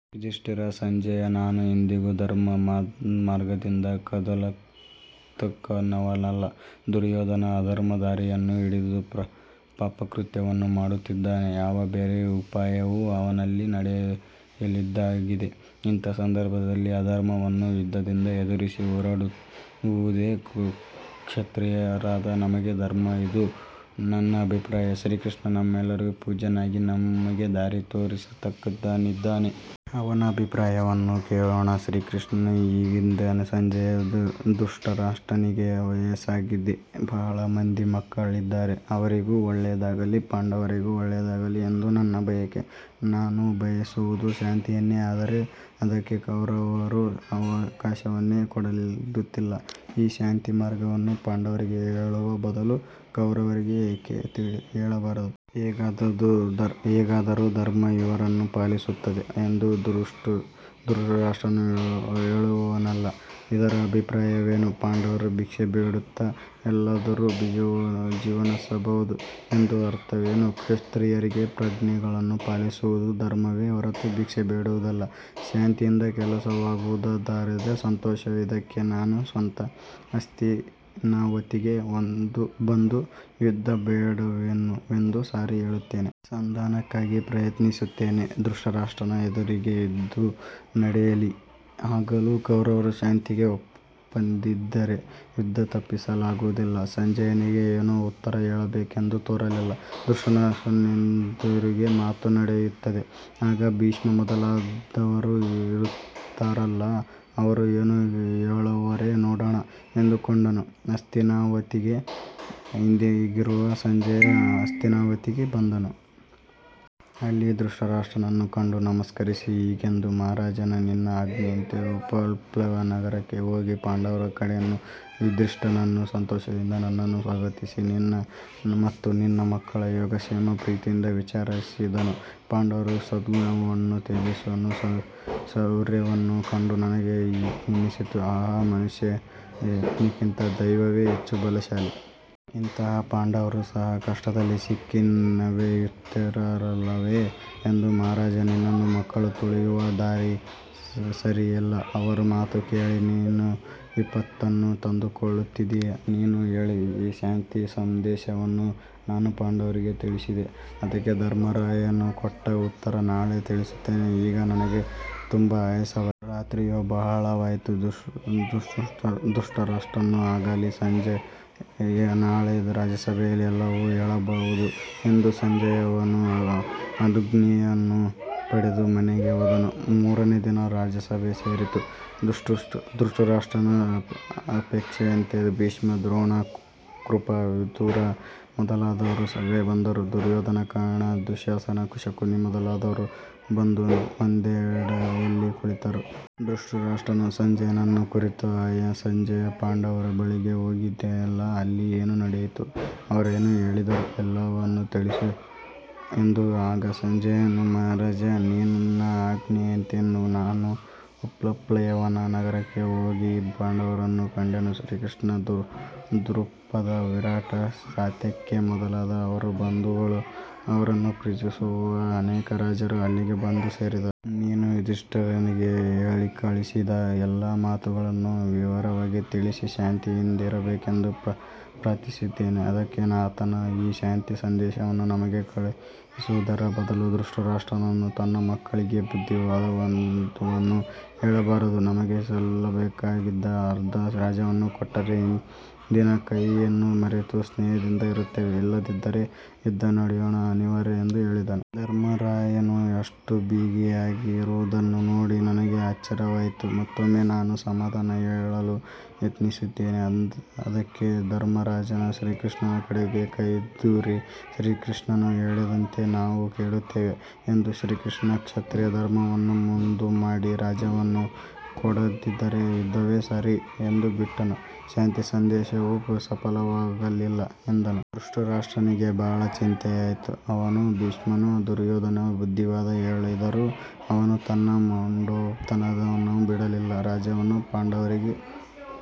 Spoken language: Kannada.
ಯುಧಿಷ್ಠಿರ: ಸಂಜಯ, ನಾನು ಎಂದಿಗೂ ಧರ್ಮಮಾರ್ಗದಿಂದ ಕದಲತಕ್ಕವನಲ್ಲ. ದುರ್ಯೋಧನ ಅಧರ್ಮದ ದಾರಿಯನ್ನು ಹಿಡಿದು ಪಾಪಕೃತ್ಯವನ್ನು ಮಾಡುತ್ತಿದ್ದಾನೆ. ಯಾವ ಬೇರೆ ಉಪಾಯವೂ ಅವನಲ್ಲಿ ನಡೆಯದಾಗಿದೆ. ಇಂಥ ಸಂದರ್ಭದಲ್ಲಿ ಅಧರ್ಮವನ್ನು ಯುದ್ಧದಿಂದ ಎದುರಿಸಿ ಹೋರಾಡುವುದೇ ಕ್ಷತ್ರಿಯರಾದ ನಮಗೆ ಧರ್ಮ. ಇದು ನನ್ನ ಅಭಿಪ್ರಾಯ. ಶ್ರೀಕೃಷ್ಣನು ನಮ್ಮೆಲ್ಲರಿಗೂ ಪೂಜ್ಯನಾಗಿ ನಮಗೆ ದಾರಿ ತೋರಿಸತಕ್ಕವನಾಗಿದ್ದಾನೆ. ಅವನ ಅಭಿಪ್ರಾಯವನ್ನು ಕೇಳೋಣ. ಶ್ರೀಕೃಷ್ಣನು ಹೀಗೆಂದನು ಸಂಜಯ, ಧೃತರಾಷ್ಟ್ರನಿಗೆ ವಯಸ್ಸಾಗಿದೆ. ಬಹಳ ಮಂದಿ ಮಕ್ಕಳಿದ್ದಾರೆ. ಅವರಿಗೂ ಒಳ್ಳೆಯದಾಗಲಿ, ಪಾಂಡವರಿಗೂ ಒಳ್ಳೆಯದಾಗಲಿ ಎಂದು ನನ್ನ ಬಯಕೆ. ನಾನು ಬಯಸುವುದು ಶಾಂತಿಯನ್ನೇ. ಆದರೆ ಅದಕ್ಕೆ ಕೌರವರು ಅವಕಾಶವನ್ನೇ ಕೊಡುತ್ತಿಲ್ಲ. ಈ ಶಾಂತಿಮಾರ್ಗವನ್ನು ಪಾಂಡವರಿಗೆ ಹೇಳುವ ಬದಲು ಕೌರವರಿಗೆ ಏಕೆ ಹೇಳಬಾರದು? ಹೇಗಾದರೂ ಧರ್ಮ ಇವರನ್ನು ಪಾಲಿಸುತ್ತದೆ. ಎಂದು ಧೃತರಾಷ್ಟ್ರನು ಹೇಳುವನಲ್ಲ, ಇದರ ಅಭಿಪ್ರಾಯವೇನು? ಪಾಂಡವರು ಭಿಕ್ಷೆ ಬೇಡುತ್ತ ಎಲ್ಲಾದರೂ ಜೀವಸಬಹುದು ಎಂದು ಅರ್ಥವೇನು? ಕ್ಷತ್ರಿಯರಿಗೆ ಪ್ರಜೆಗಳನ್ನು ಪಾಲಿಸುವುದು ಧರ್ಮವೇ ಹೊರತು ಭಿಕ್ಷೆ ಬೇಡುವುದಲ್ಲ. ಶಾಂತಿಯಿಂದ ಕೆಲಸವಾಗುವುದಾದರೆ ಸಂತೋಷವೇ. ಇದಕ್ಕಾಗಿ ನಾನು ಸ್ವತಃ ಹಸ್ತಿನಾವತಿಗೆ ಬಂದು ಯುದ್ಧವು ಬೇಡವೆಂದು ಸಾರಿ ಹೇಳುತ್ತೇನೆ. ಸಂಧಾನಕ್ಕಾಗಿ ಪ್ರಯತ್ನಿಸುತ್ತೇನೆ. ಧೃತರಾಷ್ಟ್ರನ ಎದುರಿಗೇ ಇದು ನಡೆಯಲಿ. ಆಗಲೂ ಕೌರವರು ಶಾಂತಿಗೆ ಒಪ್ಪದಿದ್ದರೆ ಯುದ್ಧವನ್ನು ತಪ್ಪಿಸಲಾಗುವುದಿಲ್ಲ. ಸಂಜಯನಿಗೆ ಏನು ಉತ್ತರ ಹೇಳಬೇಕೆಂಬುದು ತೋರಲಿಲ್ಲ. 'ಧೃತರಾಷ್ಟ್ರನೆದುರಿಗೆ ಮಾತು ನಡೆಯುತ್ತದೆ. ಆಗ ಭೀಷ್ಮ ಮೊದಲಾದವರು ಇರುತ್ತಾರಲ್ಲ, ಅವರು ಏನು ಹೇಳವರೋ ನೋಡೋಣ'- ಎಂದುಕೊಂಡನು. ಹಸ್ತಿನಾವತಿಗೆ ಹಿಂದಿರುಗಿದನು. ಸಂಜಯನು ಹಸ್ತಿನಾವತಿಗೆ ಬಂದನು. ಅಲ್ಲಿ ಧೃತರಾಷ್ಟ್ರನನ್ನು ಕಂಡು ನಮಸ್ಕರಿಸಿ ಹೀಗೆಂದನು. "ಮಹಾರಾಜ, ನಿನ್ನ ಆಜ್ಞೆಯಂತೆ ಉಪಪ್ಲವ್ಯ ನಗರಕ್ಕೆ ಹೋಗಿ ಪಾಂಡವರನ್ನು ಕಂಡೆನು. ಯುಧಿಷ್ಠಿರನು ಸಂತೋಷದಿಂದ ನನ್ನನ್ನು ಸ್ವಾಗತಿಸಿ ನಿನ್ನ ಮತ್ತು ನಿನ್ನ ಮಕ್ಕಳ ಯೋಗಕ್ಷೇಮಗಳನ್ನು ಪ್ರೀತಿಯಿಂದ ವಿಚಾರಿಸಿದನು. ಪಾಂಡವರ ಸದ್ಗುಣವನ್ನೂ ತೇಜಸ್ಸನ್ನೂ ಶೌರ್ಯವನ್ನೂ ಕಂಡು ನನಗೆ ಹೀಗೆನ್ನಿಸಿತು: 'ಆಹಾ! ಮನುಷ್ಯ ಯತ್ನಿಕ್ಕಿಂತ ದೈವವೇ ಹೆಚ್ಚು ಬಲಶಾಲಿ. ಇಂತಹ ಪಾಂಡವರೂ ಸಹ ಕಷ್ಟದಲ್ಲಿ ಸಿಕ್ಕಿ ನವೆಯುತ್ತಾರಲ್ಲವೆ' ಎಂದು ಮಹಾರಾಜ, ನಿನ್ನ ಮಕ್ಕಳು ತುಳಿಯುವ ದಾರಿ ಸರಿಯಲ್ಲ. ಅವರ ಮಾತನ್ನು ಕೇಳಿ ನೀನು ವಿಪತ್ತನ್ನು ತಂದುಕೊಳ್ಳುತ್ತಿದ್ದೀಯೆ. ನೀನು ಹೇಳಿದ ಶಾಂತಿ ಸಂದೇಶವನ್ನು ನಾನು ಪಾಂಡವರಿಗೆ ತಿಳಿಸಿದೆ. ಅದಕ್ಕೆ ಧರ್ಮರಾಯನು ಕೊಟ್ಟ ಉತ್ತರವನ್ನು ನಾಳೆ ತಿಳಿಸುತ್ತೇನೆ. ಈಗ ನನಗೆ ತುಂಬ ಆಯಾಸವಾಗಿದೆ. ರಾತ್ರಿಯೂ ಬಹಳ ಆಯಿತು". ಧೃತರಾಷ್ಟ್ರನು 'ಆಗಲಿ ಸಂಜಯ, ನಾಳೆ ರಾಜಸಭೆಯಲ್ಲಿ ಎಲ್ಲವನ್ನೂ ಹೇಳಬಹುದು' ಎಂದನು. ಸಂಜಯನು ಅವನ ಅನುಜ್ಞೆಯನ್ನು ಪಡೆದು ಮನೆಗೆ ಹೋದನು. ಮಾರನೆಯ ದಿನ ರಾಜಸಭೆ ಸೇರಿತು. ಧೃತರಾಷ್ಟ್ರನ ಅಪೇಕ್ಷೆಯಂತೆ ಭೀಷ್ಮ, ದ್ರೋಣ, ಕೃಪ, ವಿದುರ ಮೊದಲಾದವರು ಸಭೆಗೆ ಬಂದರು. ದುರ್ಯೋಧನ, ಕರ್ಣ, ದುಶ್ಯಾಸನ, ಶಕುನಿ ಮೊದಲಾದವರೂ ಬಂದು ಒಂದೆಡೆಯಲ್ಲಿ ಕುಳಿತರು. ಧೃತರಾಷ್ಟ್ರನು ಸಂಜಯನನ್ನು ಕುರಿತು "ಅಯ್ಯಾ ಸಂಜಯ, ಪಾಂಡವರ ಬಳಿಗೆ ಹೋಗಿದ್ದೆಯಲ್ಲ, ಅಲ್ಲಿ ಏನು ನಡೆಯಿತು? ಅವರೇನು ಹೇಳಿದರು ಎಲ್ಲವನ್ನೂ ತಿಳಿಸು" ಎಂದನು. ಆಗ ಸಂಜಯನು, "ಮಹಾರಾಜ, ನಿನ್ನ ಆಜ್ಞೆಯಂತೆ ನಾನು ಉಪಪ್ಲವ್ಯ ನಗರಕ್ಕೆ ಹೋಗಿ ಪಾಂಡವರನ್ನು ಕಂಡೆನು. ಶ್ರೀಕೃಷ್ಣ, ದ್ರುಪದ, ವಿರಾಟ, ಸಾತ್ಯಕಿ-ಮೊದಲಾದ ಅವರ ಬಂಧುಗಳೂ ಅವರನ್ನು ಪ್ರೀತಿಸುವ ಅನೇಕ ರಾಜರೂ ಅಲ್ಲಿಗೆ ಬಂದು ಸೇರಿದ್ದರು. ನೀನು ಯುಧಿಷ್ಠಿರನಿಗೆ ಹೇಳಿಕಳಿಸಿದ ಎಲ್ಲ ಮಾತುಗಳನ್ನೂ ವಿವರವಾಗಿ ತಿಳಿಸಿ ಶಾಂತಿಯಿಂದಿರಬೇಕೆಂದು ಪ್ರಾರ್ಥಿಸಿದೆನು. ಅದಕ್ಕೆ ಆತನು ಈ ಶಾಂತಿಸಂದೇಶವನ್ನು ನಮಗೆ ಕಳಿಸುವುದರ ಬದಲು ಧೃತರಾಷ್ಟ್ರನು ತನ್ನ ಮಕ್ಕಳಿಗೇಕೆ ಬುದ್ಧಿವಾದವನ್ನು ಹೇಳಬಾರದು. ನಮಗೆ ಸಲ್ಲಬೇಕಿದ್ದ ಅರ್ಧ ರಾಜ್ಯವನ್ನು ಕೊಟ್ಟರೆ, ಹಿಂದಿನ ಕಹಿಯನ್ನು ಮರೆತು ಸ್ನೇಹದಿಂದ ಇರುತ್ತೇವೆ. ಇಲ್ಲದಿದ್ದರೆ ಯುದ್ಧವು ನಡೆಯುವುದು ಅನಿವಾರ್ಯ ಎಂದು ಹೇಳಿದನು. ಧರ್ಮರಾಜನು ಅಷ್ಟು ಬಿಗಿಯಾಗಿರುವುದನ್ನು ನೋಡಿ ನನಗೆ ಅಚ್ಚರಿಯಾಯಿತು. ಮತ್ತೊಮ್ಮೆ ನಾನು ಸಮಾಧಾನ ಹೇಳಲು ಯತ್ನಿಸಿದೆನು. ಅದಕ್ಕೆ ಧರ್ಮರಾಜನು ಶ್ರೀಕೃಷ್ಣನ ಕಡೆ ಕೈದೋರಿ ಶ್ರೀಕೃಷ್ಣನು ಹೇಳಿದಂತೆ ನಾವು ಕೇಳುತ್ತೇವೆ ಎಂದನು. ಶ್ರೀಕೃಷ್ಣನು ಕ್ಷತ್ರಿಯ ಧರ್ಮವನ್ನು ಮುಂದುಮಾಡಿ ರಾಜ್ಯವನ್ನು ಕೊಡದಿದ್ದರೆ ಯುದ್ಧವೇ ಸರಿ ಎಂದು ಬಿಟ್ಟನು. ಶಾಂತಿಸಂದೇಶವು ಸಫಲವಾಗಲಿಲ್ಲ" ಎಂದನು. ಧೃತರಾಷ್ಟ್ರನಿಗೆ ಬಹಳ ಚಿಂತೆಯಾಯಿತು. ಅವನೂ ಭೀಷ್ಮನೂ ದುರ್ಯೋಧನನಿಗೆ ಬುದ್ಧಿವಾದ ಹೇಳಿದರು. ಅವನು ತನ್ನ ಮೊಂಡುತನವನ್ನು ಬಿಡಲಿಲ್ಲ. ರಾಜ್ಯವನ್ನು ಪಾಂಡವರಿಗೂ